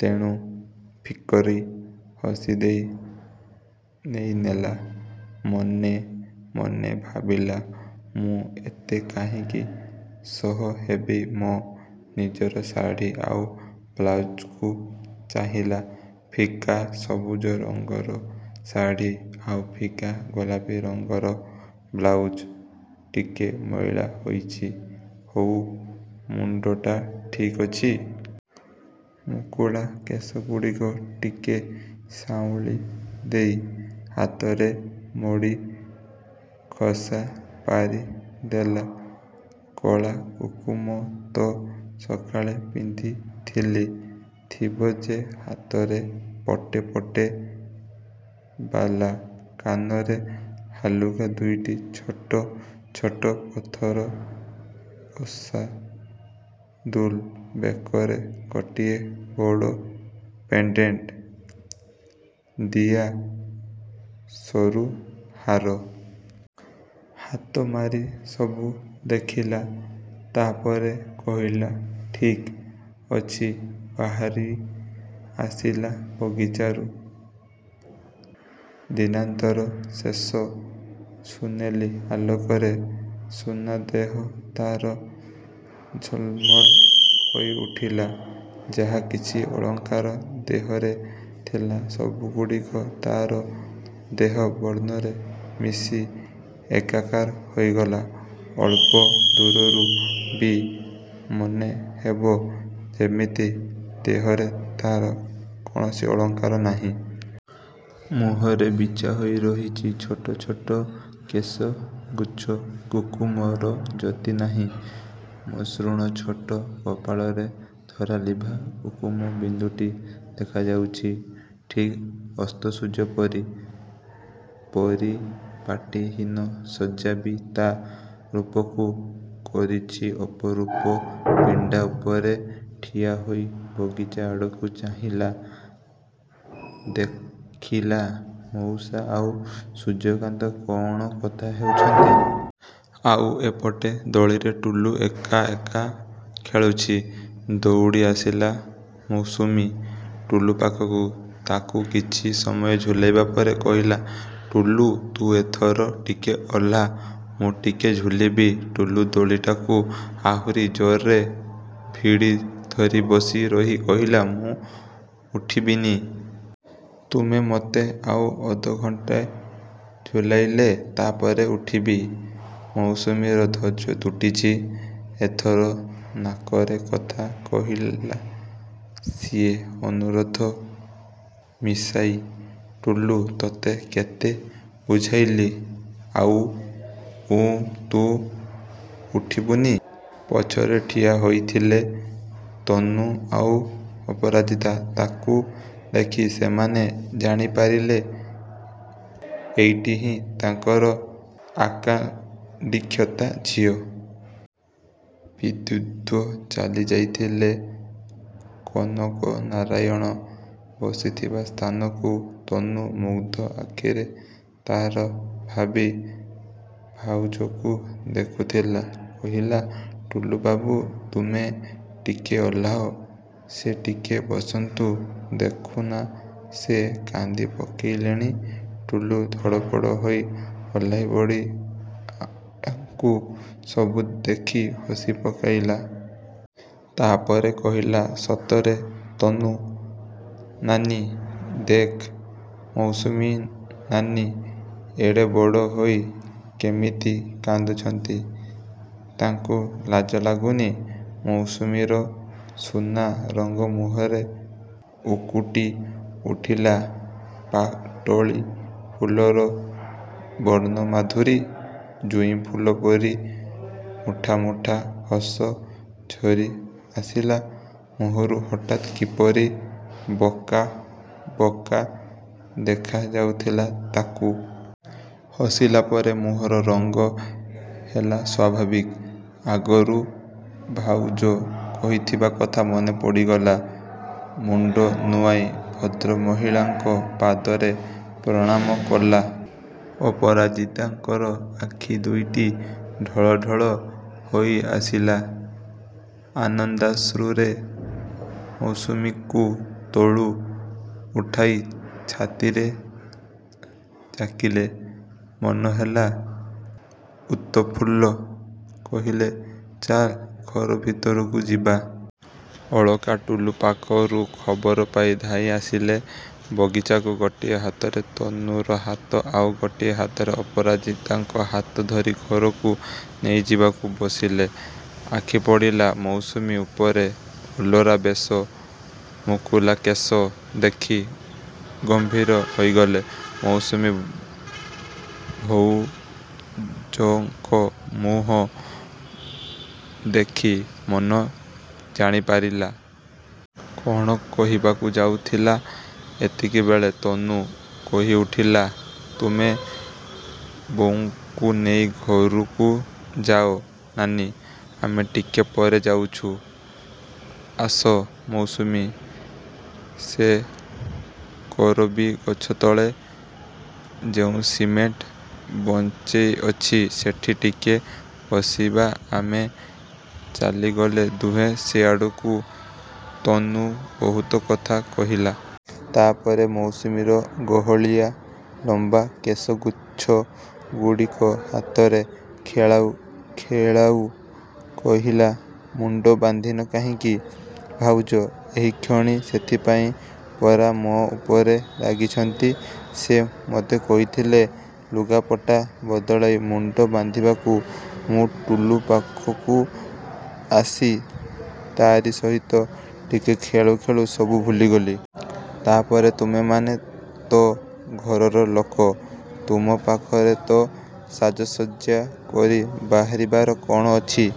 ତେଣୁ ଫିକ୍କରି ହସିଦେଇ ନେଇନେଲା। ମନେ ମନେ ଭାବିଲା ମୁଁ ଏତେ କାହିଁକି ସହେବି ମ! ନିଜର ଶାଢ଼ି ଆଉ ବ୍ଳାଉଜକୁ ଚାହିଁଲା। ଫିକା ସବୁଜ ରଙ୍ଗର ଶାଢ଼ି ଆଉ ଫିକା ଗୋଲାପୀ ରଙ୍ଗର ବ୍ଳାଉଜ୍। ଟିକେ ମଇଳା ହୋଇଛି। ହଉ ମୁଣ୍ଡଟା? ଠିକ୍ ଅଛି। ମୁକୁଳା କେଶଗୁଡ଼ିକ ଟିକେ ସାଉଁଳି ଦେଇ ହାତରେ ମୋଡ଼ି ଖୋସା ପାରିଦେଲା। କଳା, କୁଙ୍କୁମ ତ ସକାଳେ ପିନ୍ଧିଥିଲି, ଥିବ ଯେ, ହାତରେ ପଟେ ପଟେ ବାଲା, କାନରେ ହାଲୁକା ଦୁଇଟି ଛୋଟ ଛୋଟ ପଥରବସା ଦୁଲ୍। ବେକରେ ଗୋଟିଏ ବଡ଼ ପେଣ୍ଡେଣ୍ଟ୍ ଦିଆ ସରୁ ହାର। ହାତ ମାରି ସବୁ ଦେଖିଲା। ତା'ପରେ କହିଲା ଠିକ୍ ଅଛି ବାହାରିଆସିଲା ବଗିଚାରୁ । ଦିନାନ୍ତର ଶେଷ ସୁନେଲି ଆଲୋକରେ ସୁନାଦେହ ତା'ର ଝଲ୍ମଲ୍ ହୋଇଉଠିଲା। ଯାହା କିଛି ଅଳଙ୍କାର ଦେହରେ ଥିଲା ସବୁଗୁଡ଼ିକ ତା'ର ଦେହ ବର୍ଣ୍ଣରେ ମିଶି ଏକାକାର ହୋଇଗଲା। ଅଳ୍ପ ଦୂରରୁ ବି ମନେହେବ ଯେମିତି ଦେହରେ ତା'ର କୌଣସି ଅଳଙ୍କାର ନାହିଁ। ମୁହଁରେ ବିଛହୋଇ ରହିଛି ଛୋଟ ଛୋଟ କେଶଗୁଚ୍ଛ। କୁଙ୍କୁମର ଜ୍ୟୋତି ନାହିଁ। ମସୃଣ ଛୋଟ କପାଳରେ ଧରାଲିଭା କୁଙ୍କୁମ ବିନ୍ଦୁଟି ଦେଖାଯାଉଛି ଠିକ୍ ଅସ୍ତସୂର୍ଯ୍ୟପରି। ପରିପାଟୀ ହୀନ ସଜ୍ଜା ବି ତା' ରୂପକୁ କରିଛି ଅପରୂପ। ପିଣ୍ଡା ଉପରେ ଠିଆହୋଇ ବଗିଚାଆଡ଼କୁ ଚାହିଁଲା, ଦେଖିଲା ମଉସା ଆଉ ସୂର୍ଯ୍ୟକାନ୍ତ କ'ଣ କଥା ହେଉଛନ୍ତି। ଆଉ ଏପଟେ ଦୋଳିରେ ଟୁଲୁ ଏକା ଏକା ଖେଳୁଛି। ଦୌଡ଼ିଆସିଲା ମୌସୁମୀ ଟୁଲୁ ପାଖକୁ। ତାକୁ କିଛି ସମୟ ଝୁଲାଇବା ପରେ କହିଲା ଟୁଲୁ, ତୁ ଏଥର ଟିକେ ଓହ୍ଳା, ମୁଁ ଟିକେ ଝୁଲିବି। ଟୁଲୁ ଦୋଳିଟାକୁ ଆହୁରି ଜୋରରେ ଭିଡ଼ି ଧରି ବସି ରହି କହିଲା ମୁଁ ଉଠିବିନି। ତୁମେ ମୋତେ ଆଉ ଅଧଘଣ୍ଟେ ଝୁଲାଇଲେ, ତାପରେ ଉଠିବି। ମୌସୁମୀର ଧୈର୍ଯ୍ୟ ତୁଟିଛି। ଏଥର ନାକରେ କଥା କହିଲା ସିଏ ଅନୁରୋଧ ମିଶାଇ ଟୁଲୁଁ, ତତେଁ କେଁତେ ବୁଝା ଇଲି, ଆଁ ଉଁ ତୁଁ ଉଠିବୁଁନି। ପଛରେ ଠିଆ ହୋଇଥିଲେ ତନୁ ଆଉ ଅପରାଜିତା। ତାକୁ ଦେଖି ସେମାନେ ଜାଣିପାରିଥିଲେ ଏଇଟିହିଁ ତାଙ୍କର ଆକାଙ୍କ୍ଷିତା ଝିଅ। ଦିବ୍ୟେନ୍ଦୁ ଚାଲିଯାଇଥିଲେ କନକ ନାରାୟଣ ବସିଥିବା ସ୍ଥାନକୁ। ତନୁ ମୁଗ୍ଧ ଆଖିରେ ତା'ର ଭାବି ଭାଉଜକୁ ଦେଖୁଥିଲା। କହିଲା, ଟୁଲୁବାବୁ ତୁମେ ଟିକେ ଓହ୍ଳାଅ। ସେ ଟିକେ ବସନ୍ତୁ। ଦେଖୁନା, ସେ କାନ୍ଦି ପକାଇଲେଣି। ଟୁଲୁ ଧଡ଼ପଡ଼ ହୋଇ ଓହ୍ଳାଇପଡ଼ି ଏଙ୍କୁ ସବୁ ଦେଖି ହସି ପକାଇଲା। ତାପରେ କହିଲା ସତରେ ତନୁ ନାନୀ ଦେଖ, ମୌସୁମୀ ନାନୀ ଏଡ଼େବଡ଼ ହୋଇ କେମିତି କାନ୍ଦୁଛନ୍ତି। ତାଙ୍କୁ ଲାଜ ଲାଗୁନି। ମୌସୁମୀର ସୁନା ରଙ୍ଗ ମୁହଁରେ ଉକୁଟି ଉଠିଲା ପାଟଳି ଫୁଲର ବର୍ଣ୍ଣମାଧୁରୀ। ଜୁଇ ଫୁଲ ପରି ମୁଠା ମୁଠା ହସ ଝରିଆସିଲା ମୁହଁରୁ। ହଠାତ୍ କିପରି ବକା ବକା ଦେଖାଯାଉଥିଲା ତାକୁ। ହସିଲା ପରେ ମୁହଁର ରଙ୍ଗ ହେଲା ସ୍ୱାଭାବିକ। ଆଗରୁ ଭାଉଜ କହିଥିବା କଥା ମନେପଡ଼ିଗଲା। ମୁଣ୍ଡ ନୁଆଇଁ ଭଦ୍ରମହିଳାଙ୍କ ପାଦରେ ପ୍ରଣାମ କଲା। ଅପରାଜିତାଙ୍କର ଆଖିଦୁଇଟି ଢଳ ଢଳ ହୋଇଆସିଲା ଆନନ୍ଦାଶ୍ରୁରେ। ମୌସୁମୀକୁ ତଳୁ ଉଠାଇ ଛାତିରେ ଜାକିଲେ। ମନହେଲା ଉତ୍ଫୁଲ୍ଲ। କହିଲେ ଚାଲ୍ ଘର ଭିତରକୁ ଯିବା। ଅଳକା ଟୁଲୁ ପାଖରୁ ଖବର ପାଇ ଧାଇଁଆସିଲେ ବଗିଚାକୁ। ଗୋଟିଏ ହାତରେ ତନୁର ହାତ ଆଉ ଗୋଟିଏ ହାତରେ ଅପରାଜିତାଙ୍କ ହାତ ଧରି ଘରକୁ ନେଇଯିବାକୁ ବସିଲେ। ଆଖିପଡ଼ିଲା ମୌସୁମୀ ଉପରେ। ଅଲରା ବେଶ, ମୁକୁଳା କେଶ ଦେଖି ଗମ୍ଭୀର ହୋଇଗଲେ। ମୌସୁମୀ ଜଉଙ୍କ ମୁହଁ ଦେଖି ମନ ଜାଣିପାରିଲା। କ'ଣ କହିବାକୁ ଯାଉଥିଲା। ଏତିକିବେଳେ ତନୁ କହିଉଠିଲା–ତୁମେ ବୋଉଙ୍କୁ ନେଇ ଘରକୁ ଯାଅ ନାନୀ, ଆମେ ଟିକେ ପରେ ଯାଉଛୁ। ଆସ ମୌସୁମୀ, ସେ କରବୀ ଗଛ ତଳେ ଯେଉଁ ସିମେଣ୍ଟ ବଞ୍ଚେ ଅଛି, ସେଠି ଟିକେ ବସିବା ଆମେ। ଚାଲିଗଲେ ଦୁହେଁ ସେଆଡ଼କୁ। ତନୁ ବହୁତ କଥା କହିଲା। ତାପରେ ମୌସୁମୀର ଗହଳିଆ ଲମ୍ବା କେଶଗୁଚ୍ଛଗୁଡ଼ିକ ହାତରେ ଖେଳାଉ ଖେଳାଉ କହିଲା ମୁଣ୍ଡ ବାନ୍ଧିନ କାହିଁକି? ଭାଉଜ ଏହିକ୍ଷଣି ସେଥିପାଇଁ ପରା ମୋ ଉପରେ ରାଗିଛନ୍ତି। ସେ ମୋତେ କହିଥିଲେ ଲୁଗାପଟା ବଦଳାଇ ମୁଣ୍ଡ ବାନ୍ଧିବାକୁ। ମୁଁ ଟୁଲୁ ପାଖକୁ ଆସି ତାରି ସହିତ ଟିକେ ଖେଳୁ ଖେଳୁ ସବୁ ଭୁଲିଗଲି। ତାପରେ, ତୁମେମାନେ ତ। ଘରର ଲୋକ। ତୁମ ପାଖରେ ତ ସାଜସଜ୍ଜା କରି ବାହାରିବାର କ'ଣ ଅଛି।